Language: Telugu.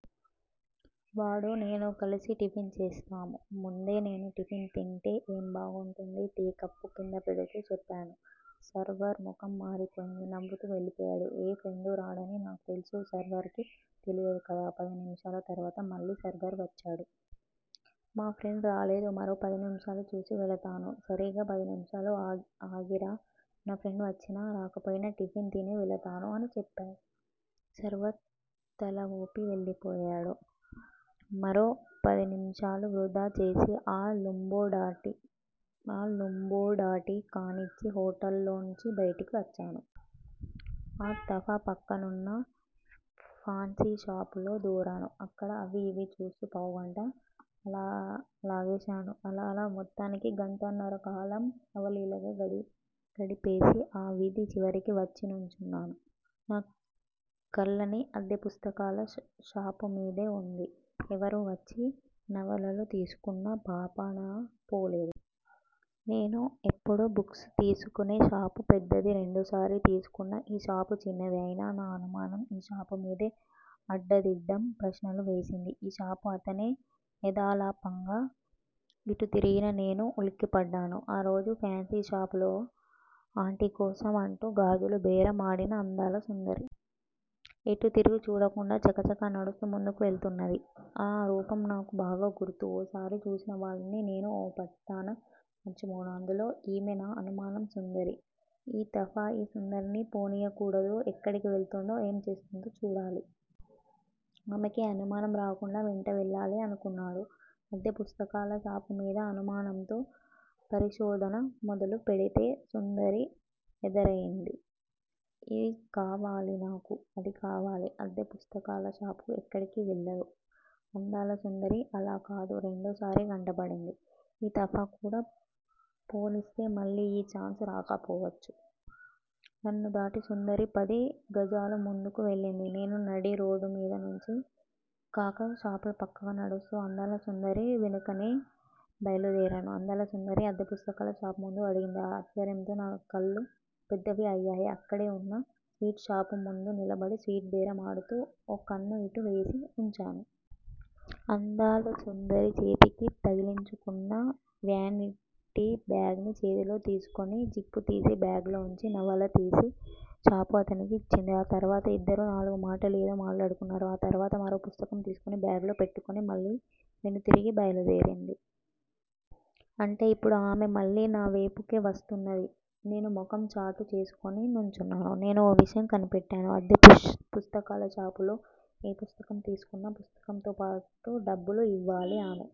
వాడూ నేనూ కలిసి టిఫిన్ చేస్తాము. ముందే నేను టిఫిన్ తింటే ఏం బాగుంటుంది! టీ కప్పు కింద పెడుతూ చెప్పాను. సర్వర్ ముఖం మారిపోయింది. నవ్వుతూ వెళ్ళిపోయాడు. ఏ ఫ్రెండూ రాడని నాకు తెలుసు. సర్వర్ కి తెలియదు కదా! పదినిమిషాల తర్వాత మళ్ళీ సర్వర్ వచ్చాడు. మా ఫ్రెండ్ రాలేదు. మరో పది నిమిషాలు చూసి వెళతాను. సరీగ పది నిమిషాలు ఆగిరా. నా ఫ్రెండ్ వచ్చినా రాకపోయినా టిఫెన్ తిని వెళతాను. అని చెప్పాను. సర్వర్ తలవూపి వెళ్ళిపోయాడు. మరో పది నిమిషాలు వృధాచేసి ఆ లూబోండాటీ కానిచ్చి హోటల్లోంచి బైటికి వచ్చాను. ఈ తఫా పక్కనున్న ఫాన్సీషాపులో దూరాను. అక్కడ అవీ ఇవీ చూస్తూ పావుగంట లాగేశాను. అలా అలా మొత్తానికి గంటన్నరకాలం అవలీలగా గడిపేసి ఆ వీధి చివరికి వచ్చి నుంచున్నాను. నా కళ్ళన్నీ అద్దె పుస్తకాల షాపుమీదే వుంది. ఎవరూ వచ్చి నవలలు తీసుకున్న పాపానపోలేదు. నేను ఎప్పుడూ బుక్స్ తీసుకునే షాపు పెద్దది. రెండోసారి తీసుకున్న ఈ షాపు చిన్నది. అయినా నా అనుమానం ఈ షాపుమీదే అడ్డదిడ్డం ప్రశ్నలు వేసింది ఈ షాపు అతనే. ఎదాలాపంగా ఇటు తిరిగిన నేను ఉలిక్కిపడ్డాను. ఆ రోజు ఫాన్సీషాపులో ఆంటీకోసం అంటూ గాజులు బేరం ఆడిన అందాల సుందరి. ఎటూ తిరిగి చూడకుండా చకచక నడుస్తూ ముందుకు వెళుతున్నది. ఆ రూపం నాకు బాగా గుర్తు. ఓసారి చూసిన వాళ్ళని నేను ఓ పట్టాన మర్చిపోను. అందులో ఈమె నా అనుమానం సుందరి. ఈ తఫా ఈ సుందరిని పోనీయకూడదు. ఎక్కడికి వెళుతుందో ఏం చేస్తుందో చూడాలి. ఆమెకి అనుమానం రాకుండా వెంట వెళ్ళాలి. అనుకున్నాడు. అద్దె పుస్తకాల షాపుమీద అనుమానంతో పరిశోధన మొదలు పెడితే సుందరి ఎదురయింది. ఇదీ కావాలి నాకు అదీ కావాలి. అద్దె పుస్తకాలషాపు ఎక్కడికీ వెళ్ళదు. అందాల సుందరి అలాకాదు. రెండోసారి కంటపడింది. ఈ తఫా కూడా పోనిస్తే మళ్ళీ యీ ఛాన్స్ రాకపోవచ్చు. నన్ను దాటి సుందరి పది గజాలుముందుకు వెళ్ళింది. నేను నడిరోడ్డు మీదనుంచి కాక షాపుల పక్కగా నడుస్తూ అందాల సుందరి వెనుకనే బైలుదేరాను. అందాల సుందరి అద్దె పుస్తకాల షాపుముందు ఆగింది. ఆశ్చర్యంతో నా కళ్ళు పెద్దవి అయ్యాయి. అక్కడేవున్న స్వీట్ షాపుముందు నిలబడి స్వీట్ బేరం ఆడుతూ ఓ కన్ను ఇటు వేసి వుంచాను. అందాల సుందరి చేతికి తగిలించుకున్న వ్యానిటీ బ్యాగ్ ని చేతిలోకి తీసుకుని జిప్పుతీసి బ్యాగ్ లోంచి నవలతీసి షాపు అతనికి ఇచ్చింది. ఆ తర్వాత ఇద్దరూ నాలుగు మాటలు ఏదో మాట్లాడుకున్నారు. ఆ తర్వాత మరో పుస్తకం తీసుకుని బ్యాగ్ లో పెట్టుకుని మళ్ళీ వెనుతిరిగి బైలుదేరింది. అంటే ఇప్పుడు ఆమె మళ్ళీ నా వేపుకే వస్తున్నది. నేను ముఖం చాటు చేసుకుని నుంచున్నాను. నేను ఓ విషయం కనిపెట్టాను. అద్దె పుస్తకాలషాపులో ఏ పుస్తకం తీసుకున్నా పుస్తకంతో పాటు డబ్బులు ఇవ్వాలి ఆమె